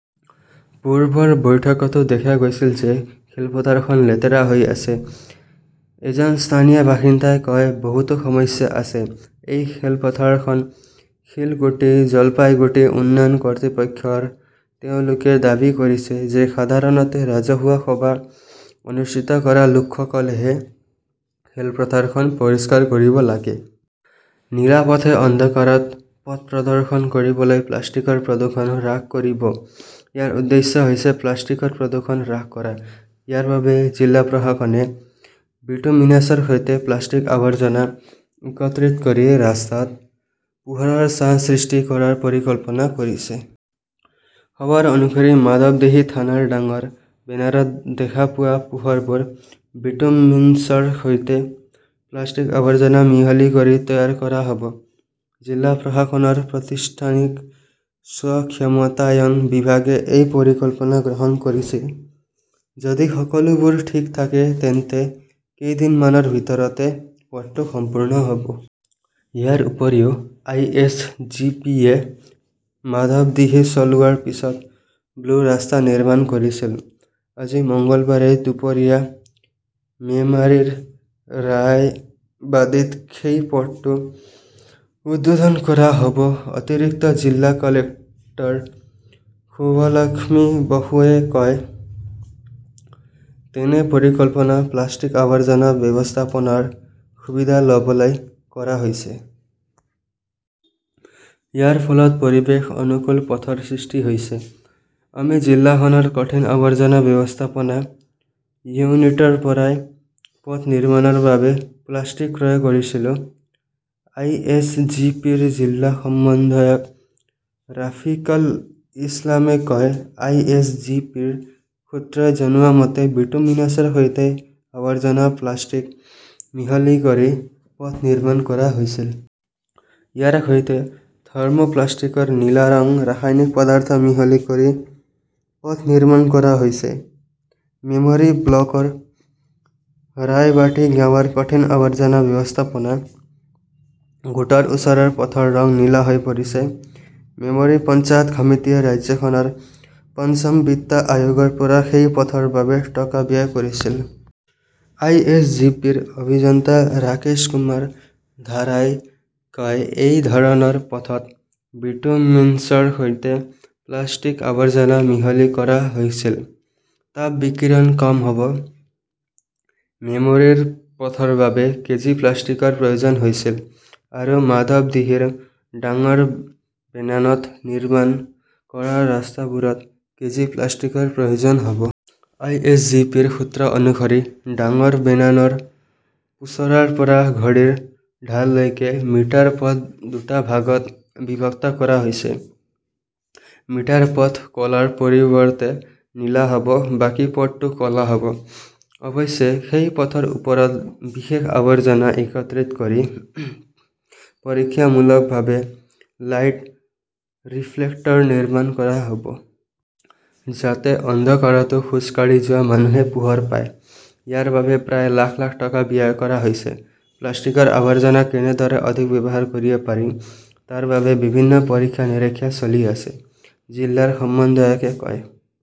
"পূৰ্বৰ বৈঠকতো দেখা গৈছিল যে খেলপথাৰখন লেতেৰা হৈ আছে", এজন স্থানীয় বাসিন্দাই কয়। বহুতো সমস্যা আছে। এই খেলপথাৰখন শিলিগুড়ি-জলপাইগুড়ি উন্নয়ন কৰ্তৃপক্ষৰ। তেওঁলোকে দাবী কৰিছে যে সাধাৰণতে ৰাজহুৱা সভা অনুষ্ঠিত কৰা লোকসকলেহে খেলপথাৰখন পৰিষ্কাৰ কৰিব লাগে। 'নীলা পথে' অন্ধকাৰত পথ প্ৰদৰ্শন কৰিবলৈ, প্লাষ্টিকৰ প্ৰদূষণ হ্ৰাস কৰিব।‌‌ ইয়াৰ উদ্দেশ্য হৈছে প্লাষ্টিকৰ প্ৰদূষণ হ্ৰাস কৰা। ইয়াৰ বাবে জিলা প্ৰশাসনে বিটুমিনাছৰ সৈতে প্লাষ্টিক-আৱৰ্জনা একত্ৰিত কৰি ৰাস্তাত পোহৰৰ ছাঁ সৃষ্টি কৰাৰ পৰিকল্পনা কৰিছে। খবৰ অনুসৰি, মাধৱদীহি থানাৰ ডাঙৰ বেনাৰত দেখা পোৱা পোহৰবোৰ বিটুমিনছৰ সৈতে প্লাষ্টিক-আৱৰ্জনা মিহলি কৰি তৈয়াৰ কৰা হ 'ব। জিলা প্ৰশাসনৰ প্ৰতিষ্ঠানিক স্ব-ক্ষমতায়ন বিভাগে এই পৰিকল্পনা গ্ৰহণ কৰিছে। যদি সকলোবোৰ ঠিক থাকে, তেন্তে কেইদিনমানৰ ভিতৰতে পথটো সম্পূৰ্ণ হ'ব। ইয়াৰ উপৰিও, আই. এছ. জি. পি. -য়ে মাধৱদীহি চলোৱাৰ পিছত 'ব্লু ৰাস্তা' নিৰ্মাণ কৰিছিল। আজি, মঙলবাৰে দুপৰীয়া মেমাৰীৰ ৰায়বাদীত সেই পথটো উদ্বোধন কৰা হ'ব। অতিৰিক্ত জিলা কালেক্টৰ শুভলক্ষ্মী বসুৱে কয়, "এনে পৰিকল্পনা প্লাষ্টিক-আৱৰ্জনা ব্যৱস্থাপনাৰ সুবিধা ল'বলৈ কৰা হৈছে। ইয়াৰ ফলত পৰিৱেশ অনুকূল পথৰ সৃষ্টি হৈছে। আমি জিলাখনৰ কঠিন আৱৰ্জনা ব্যৱস্থাপনা ইউনিটৰ পৰাই পথ নিৰ্মাণৰ বাবে প্লাষ্টিক ক্ৰয় কৰিছিলো"। আইএছজিপিৰ জিলা সমন্বয়ক ৰাফিকল ইছলামে কয়, "আই. এছ. জি. পি. -ৰ সূত্ৰই জনোৱা মতে, বিটুমিনাছৰ সৈতে আৱৰ্জনা-প্লাষ্টিক মিহলি কৰি পথ নিৰ্মাণ কৰা হৈছিল। ইয়াৰ সৈতে থাৰ্মো-প্লাষ্টিকৰ নীলা ৰং, ৰাসায়নিক পদাৰ্থ মিহলি কৰি পথ নিৰ্মাণ কৰা হৈছে"। মেমৰী ব্লকৰ ৰায়বাটি গাঁৱৰ কঠিন আৱৰ্জনা ব্যৱস্থাপনা গোটৰ ওচৰৰ পথৰ ৰং নীলা হৈ পৰিছে। মেমৰি পঞ্চায়ত সমিতিয়ে ৰাজ্যখনৰ পঞ্চম বিত্ত আয়োগৰ পৰা সেই পথৰ বাবে টকা ব্যয় কৰিছিল। আই. এছ. জি. পি. -ৰ অভিযন্তা ৰাকেশ কুমাৰ ধাৰাই কয়, "এই ধৰণৰ পথত বিটুমিনছৰ সৈতে প্লাষ্টিকৰ আৱৰ্জনা মিহলি কৰা হৈছিল। " তাপ-বিকিৰণ কম হ'ব। মেমৰীৰ পথৰ বাবে কেজি প্লাষ্টিকৰ প্ৰয়োজন হৈছিল। আৰু মাধৱদীহিৰ ডাঙৰ বেনানত নিৰ্মাণ কৰা ৰাস্তাবোৰত কেজি প্লাষ্টিকৰ প্ৰয়োজন হ'ব। আই. এছ. জি. পি. -ৰ সূত্ৰ অনুসৰি, ডাঙৰ বেনানৰ পোচৰাৰ পৰা ঘড়ীৰ ঢাললৈকে মিটাৰ পথ দুটা ভাগত বিভক্ত কৰা হৈছে। মিটাৰ পথ ক'লাৰ পৰিৱৰ্তে নীলা হ'ব। বাকী পথটো ক'লা হ'ব। অৱশ্যে, সেই পথৰ ওপৰত বিশেষ আৱৰ্জনা একত্ৰিত কৰি পৰীক্ষামূলকভাৱে 'লাইট ৰিফ্লেক্টৰ' নিৰ্মাণ কৰা হ'ব। যাতে অন্ধকাৰতো খোজ কাঢ়ি যোৱা মানুহে পোহৰ পায়। ইয়াৰ বাবে প্ৰায় লাখ লাখ টকা ব্যয় কৰা হৈছে। "প্লাষ্টিকৰ আৱৰ্জনা কেনেদৰে অধিক ব্যৱহাৰ কৰিব পাৰি তাৰ বাবে বিভিন্ন পৰীক্ষা-নিৰীক্ষা চলি আছে", জিলাৰ সমন্বয়কে কয়।